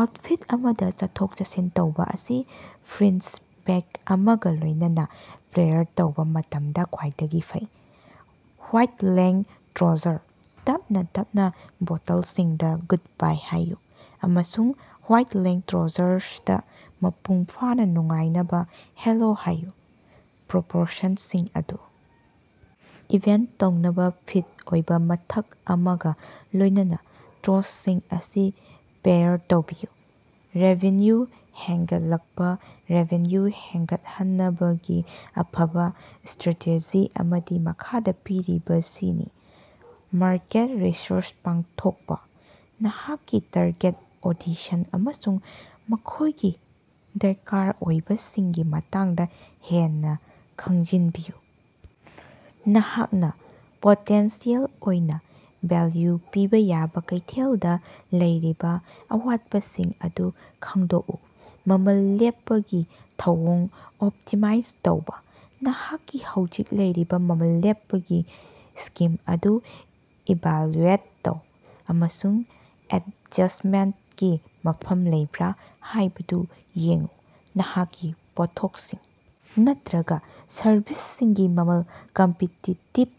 Outfit ꯑꯃꯗ ꯆꯠꯊꯣꯛ-ꯆꯠꯁꯤꯟ ꯇꯧꯕ ꯑꯁꯤ ꯐ꯭ꯔꯤꯟꯖ ꯕꯦꯒ ꯑꯃꯒ ꯂꯣꯏꯅꯅ ꯄꯦꯌꯥꯔ ꯇꯧꯕ ꯃꯇꯝꯗ ꯈ꯭ꯋꯥꯏꯗꯒꯤ ꯐꯩ꯫ ꯋꯥꯏꯗ ꯂꯦꯒ ꯇ꯭ꯔꯣꯁꯔ: ꯇꯞꯅ ꯇꯞꯅ ꯕꯣꯇꯜꯁꯤꯡꯗ ꯒꯨꯗꯕꯥꯏ ꯍꯥꯏꯌꯨ ꯑꯃꯁꯨꯡ ꯋꯥꯏꯗ ꯂꯦꯒ ꯇ꯭ꯔꯣꯁꯔꯗ ꯃꯄꯨꯡ ꯐꯥꯅ ꯅꯨꯡꯉꯥꯏꯅꯕ ꯍꯦꯂꯣ ꯍꯥꯏꯌꯨ꯫ ꯄ꯭ꯔꯣꯄꯣꯔꯁꯟꯁꯤꯡ ꯑꯗꯨ ꯏꯚꯦꯟꯇ ꯇꯧꯅꯕ ꯐꯤꯠ ꯑꯣꯏꯕ ꯃꯊꯛ ꯑꯃꯒ ꯂꯣꯏꯅꯅ ꯇ꯭ꯔꯣꯁꯁꯤꯡ ꯑꯁꯤ ꯄꯦꯌꯥꯔ ꯇꯧꯕꯤꯌꯨ꯫ ꯔꯦꯚꯤꯟꯌꯨ ꯍꯦꯟꯒꯠꯂꯛꯄ꯫ ꯔꯦꯚꯤꯟꯌꯨ ꯍꯦꯟꯒꯠꯍꯟꯅꯕꯒꯤ ꯑꯐꯕ ꯁ꯭ꯇꯔꯥꯇꯦꯖꯤ ꯑꯃꯗꯤ ꯃꯈꯥꯗ ꯄꯤꯔꯤꯕꯁꯤꯅꯤ: ꯃꯥꯔꯀꯦꯠ ꯔꯤꯁꯔꯆ ꯄꯥꯡꯊꯣꯛꯄ: ꯅꯍꯥꯛꯀꯤ ꯇꯥꯔꯒꯦꯠ ꯑꯣꯗꯤꯁꯟ ꯑꯃꯁꯨꯡ ꯃꯈꯣꯏꯒꯤ ꯗꯔꯀꯥꯔ ꯑꯣꯏꯕꯁꯤꯡꯒꯤ ꯃꯇꯥꯡꯗ ꯍꯦꯟꯅ ꯈꯪꯖꯤꯟꯕꯤꯌꯨ꯫ ꯅꯍꯥꯛꯅ ꯄꯣꯇꯦꯟꯁꯤꯌꯦꯜ ꯑꯣꯏꯅ ꯚꯦꯜꯌꯨ ꯄꯤꯕ ꯌꯥꯕ ꯀꯩꯊꯦꯜꯗ ꯂꯩꯔꯤꯕ ꯑꯋꯥꯠꯄꯥꯁꯤꯡ ꯑꯗꯨ ꯈꯪꯗꯣꯛꯎ꯫ ꯃꯃꯜ ꯂꯦꯞꯄꯒꯤ ꯊꯧꯑꯣꯡ ꯑꯣꯞꯇꯤꯃꯥꯏꯖ ꯇꯧꯕꯥ: ꯅꯍꯥꯛꯀꯤ ꯍꯧꯖꯤꯛ ꯂꯩꯔꯤꯕ ꯃꯃꯜ ꯂꯦꯞꯄꯒꯤ ꯁ꯭ꯀꯤꯝ ꯑꯗꯨ ꯏꯚꯥꯜꯌꯨꯑꯦꯠ ꯇꯧ ꯑꯃꯁꯨꯡ ꯑꯦꯗꯖꯁ꯭ꯇꯃꯦꯟꯠꯀꯤ ꯃꯐꯝ ꯂꯩꯕ꯭ꯔꯥ ꯍꯥꯏꯕꯗꯨ ꯌꯦꯡꯎ꯫ ꯅꯍꯥꯛꯀꯤ ꯄꯣꯠꯊꯣꯛꯁꯤꯡ ꯅꯠꯇꯔꯒ ꯁꯔꯚꯤꯁꯁꯤꯡꯒꯤ ꯃꯃꯜ ꯀꯝꯄꯤꯇꯤꯇꯤꯕ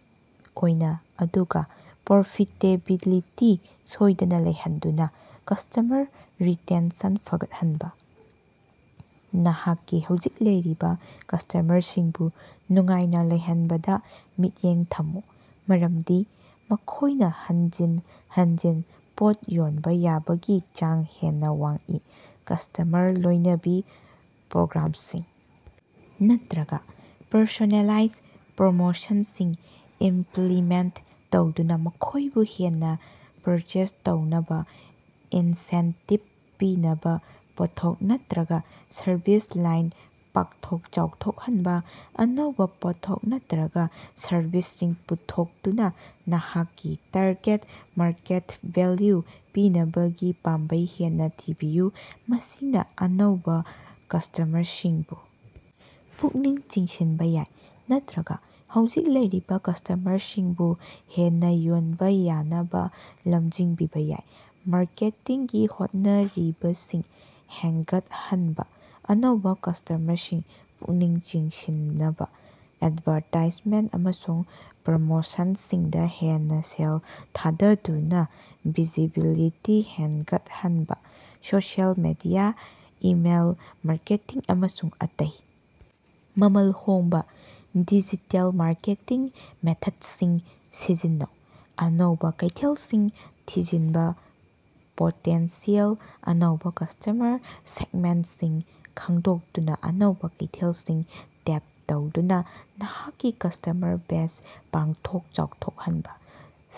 ꯑꯣꯏꯅ, ꯑꯗꯨꯒ ꯄ꯭ꯔꯣꯐꯤꯇꯦꯕꯤꯂꯤꯇꯤ ꯁꯣꯏꯗꯅ ꯂꯩꯍꯟꯗꯨꯅ꯫ ꯀꯁ꯭ꯇꯃꯔ ꯔꯤꯇꯦꯟꯁꯟ ꯐꯒꯠꯍꯟꯕ: ꯅꯍꯥꯛꯀꯤ ꯍꯧꯖꯤꯛ ꯂꯩꯔꯤꯕ ꯀꯁ꯭ꯇꯃꯔꯁꯤꯡꯕꯨ ꯅꯨꯡꯉꯥꯏꯅ ꯂꯩꯍꯟꯕꯗ ꯃꯤꯠꯌꯦꯡ ꯊꯝꯃꯨ, ꯃꯔꯝꯗꯤ ꯃꯈꯣꯏꯅ ꯍꯟꯖꯤꯟ ꯍꯟꯖꯤꯟ ꯄꯣꯠ ꯌꯣꯟꯕ ꯌꯥꯕꯒꯤ ꯆꯥꯡ ꯍꯦꯟꯅ ꯋꯥꯡꯏ꯫ ꯀꯁ꯭ꯇꯃꯔ ꯂꯣꯏꯅꯕꯤ ꯄ꯭ꯔꯣꯒ꯭ꯔꯥꯝꯁꯤꯡ ꯅꯠꯇꯔꯒ ꯄꯔꯁꯣꯅꯦꯂꯥꯏꯖ ꯄ꯭ꯔꯣꯃꯣꯁꯟꯁꯤꯡ ꯏꯝꯄꯂꯤꯃꯦꯟꯠ ꯇꯧꯗꯨꯅ ꯃꯈꯣꯏꯕꯨ ꯍꯦꯟꯅ ꯄꯔꯆꯦꯖ ꯇꯧꯅꯕ ꯏꯟꯁꯦꯟꯇꯤꯕ ꯄꯤꯅꯕ꯫ ꯄꯣꯠꯊꯣꯛ ꯅꯠꯇꯔꯒ ꯁꯔꯚꯤꯁ ꯂꯥꯏꯟ ꯄꯥꯛꯊꯣꯛ ꯆꯥꯎꯊꯣꯛꯍꯟꯕ: ꯑꯅꯧꯕ ꯄꯣꯠꯊꯣꯛ ꯅꯠꯇꯔꯒ ꯁꯔꯚꯤꯁꯁꯤꯡ ꯄꯨꯊꯣꯛꯇꯨꯅ ꯅꯍꯥꯛꯀꯤ ꯇꯥꯔꯒꯦꯠ ꯃꯥꯔꯀꯦꯠꯇ ꯚꯦꯜꯌꯨ ꯄꯤꯅꯕꯒꯤ ꯄꯥꯝꯕꯩ ꯍꯦꯟꯅ ꯊꯤꯕꯤꯌꯨ꯫ ꯃꯁꯤꯅ ꯑꯅꯧꯕ ꯀꯁ꯭ꯇꯃꯔꯁꯤꯡꯕꯨ ꯄꯨꯛꯅꯤꯡ ꯆꯤꯡꯁꯤꯟꯕ ꯌꯥꯏ ꯅꯠꯇꯔꯒ ꯍꯧꯖꯤꯛ ꯂꯩꯔꯤꯕ ꯀꯁ꯭ꯇꯃꯔꯁꯤꯡꯕꯨ ꯍꯦꯟꯅ ꯌꯣꯟꯕ ꯌꯥꯅꯕ ꯂꯝꯖꯤꯡꯕꯤꯕ ꯌꯥꯏ꯫ ꯃꯥꯔꯀꯦꯇꯤꯡꯒꯤ ꯍꯣꯠꯅꯔꯤꯕꯁꯤꯡ ꯍꯦꯟꯒꯠꯍꯟꯕ: ꯑꯅꯧꯕ ꯀꯁ꯭ꯇꯃꯔꯁꯤꯡ ꯄꯨꯛꯅꯤꯡ ꯆꯤꯡꯁꯤꯟꯅꯕ ꯑꯦꯗꯚꯥꯔꯇꯥꯏꯖꯃꯦꯟꯠ ꯑꯃꯁꯨꯡ ꯄ꯭ꯔꯃꯣꯁꯟꯁꯤꯡꯗ ꯍꯦꯟꯅ ꯁꯦꯜ ꯊꯥꯗꯗꯨꯅ ꯚꯤꯖꯤꯕꯤꯂꯤꯇꯤ ꯍꯦꯟꯒꯠꯍꯟꯕ꯫ ꯁꯣꯁꯤꯑꯦꯜ ꯃꯤꯗꯤꯌꯥ, ꯏꯃꯦꯏꯜ ꯃꯥꯔꯀꯦꯇꯤꯡ, ꯑꯃꯁꯨꯡ ꯑꯇꯩ ꯃꯃꯜ ꯍꯣꯡꯕ ꯗꯤꯖꯤꯇꯦꯜ ꯃꯥꯔꯀꯦꯇꯤꯡ ꯃꯦꯊꯠꯁꯤꯡ ꯁꯤꯖꯤꯟꯅꯧ꯫ ꯑꯅꯧꯕꯥ ꯀꯩꯊꯦꯜꯁꯤꯡ ꯊꯤꯖꯤꯟꯕ: ꯄꯣꯇꯦꯟꯁꯤꯌꯦꯜ ꯑꯅꯧꯕ ꯀꯁ꯭ꯇꯃꯔ ꯁꯦꯒꯃꯦꯟꯠꯁꯤꯡ ꯈꯪꯗꯣꯛꯇꯨꯅ ꯑꯅꯧꯕ ꯀꯩꯊꯦꯜꯁꯤꯡ ꯇꯦꯞ ꯇꯧꯗꯨꯅ ꯅꯍꯥꯛꯀꯤ ꯀꯁ꯭ꯇꯃꯔ ꯕꯦꯖ ꯄꯥꯛꯊꯣꯛ ꯆꯥꯎꯊꯣꯛꯍꯟꯕ꯫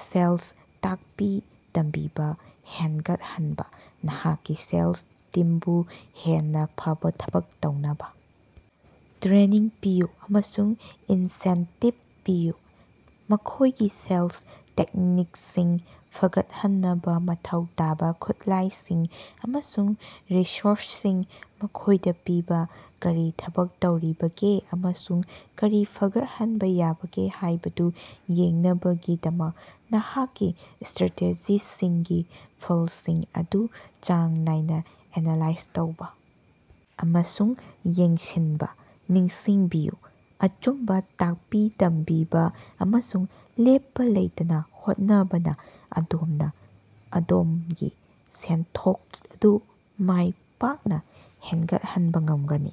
ꯁꯦꯜꯁ ꯇꯥꯛꯄꯤ-ꯇꯝꯕꯤꯕ ꯍꯦꯟꯒꯠꯍꯟꯕ: ꯅꯍꯥꯛꯀꯤ ꯁꯦꯜꯁ ꯇꯤꯝꯕꯨ ꯍꯦꯟꯅ ꯐꯕ ꯊꯕꯛ ꯇꯧꯅꯕ ꯇ꯭ꯔꯦꯅꯤꯡ ꯄꯤꯌꯨ ꯑꯃꯁꯨꯡ ꯏꯟꯁꯦꯟꯇꯤꯕ ꯄꯤꯌꯨ꯫ ꯃꯈꯣꯏꯒꯤ ꯁꯦꯜꯁ ꯇꯦꯛꯅꯤꯛꯁꯤꯡ ꯐꯒꯠꯍꯟꯅꯕ ꯃꯊꯧ ꯇꯥꯕ ꯈꯨꯠꯂꯥꯏꯁꯤꯡ ꯑꯃꯁꯨꯡ ꯔꯤꯁꯣꯔꯁꯁꯤꯡ ꯃꯈꯣꯏꯗ ꯄꯤꯕ꯫ ꯀꯔꯤ ꯊꯕꯛ ꯇꯧꯔꯤꯕꯒꯦ ꯑꯃꯁꯨꯡ ꯀꯔꯤ ꯐꯒꯠꯍꯟꯕ ꯌꯥꯕꯒꯦ ꯍꯥꯏꯕꯗꯨ ꯌꯦꯡꯅꯕꯒꯤꯗꯃꯛ ꯅꯍꯥꯛꯀꯤ ꯁ꯭ꯇꯔꯥꯇꯦꯖꯤꯁꯤꯡꯒꯤ ꯐꯜꯁꯤꯡ ꯑꯗꯨ ꯆꯥꯡ ꯅꯥꯏꯅ ꯑꯦꯅꯥꯂꯥꯏꯖ ꯇꯧꯕ ꯑꯃꯁꯨꯡ ꯌꯦꯡꯁꯤꯟꯕ ꯅꯤꯡꯁꯤꯡꯕꯤꯌꯨ꯫ ꯑꯆꯨꯝꯕ ꯇꯥꯛꯄꯤ ꯇꯝꯕꯤꯕ ꯑꯃꯁꯨꯡ ꯂꯦꯞꯄ ꯂꯩꯇꯅ ꯍꯣꯠꯅꯕꯅ ꯑꯗꯣꯝꯅ ꯑꯗꯣꯝꯒꯤ ꯁꯦꯟꯊꯣꯛ ꯑꯗꯨ ꯃꯥꯏ ꯄꯥꯛꯅ ꯍꯦꯟꯒꯠꯍꯟꯕꯥ ꯉꯝꯒꯅꯤ꯫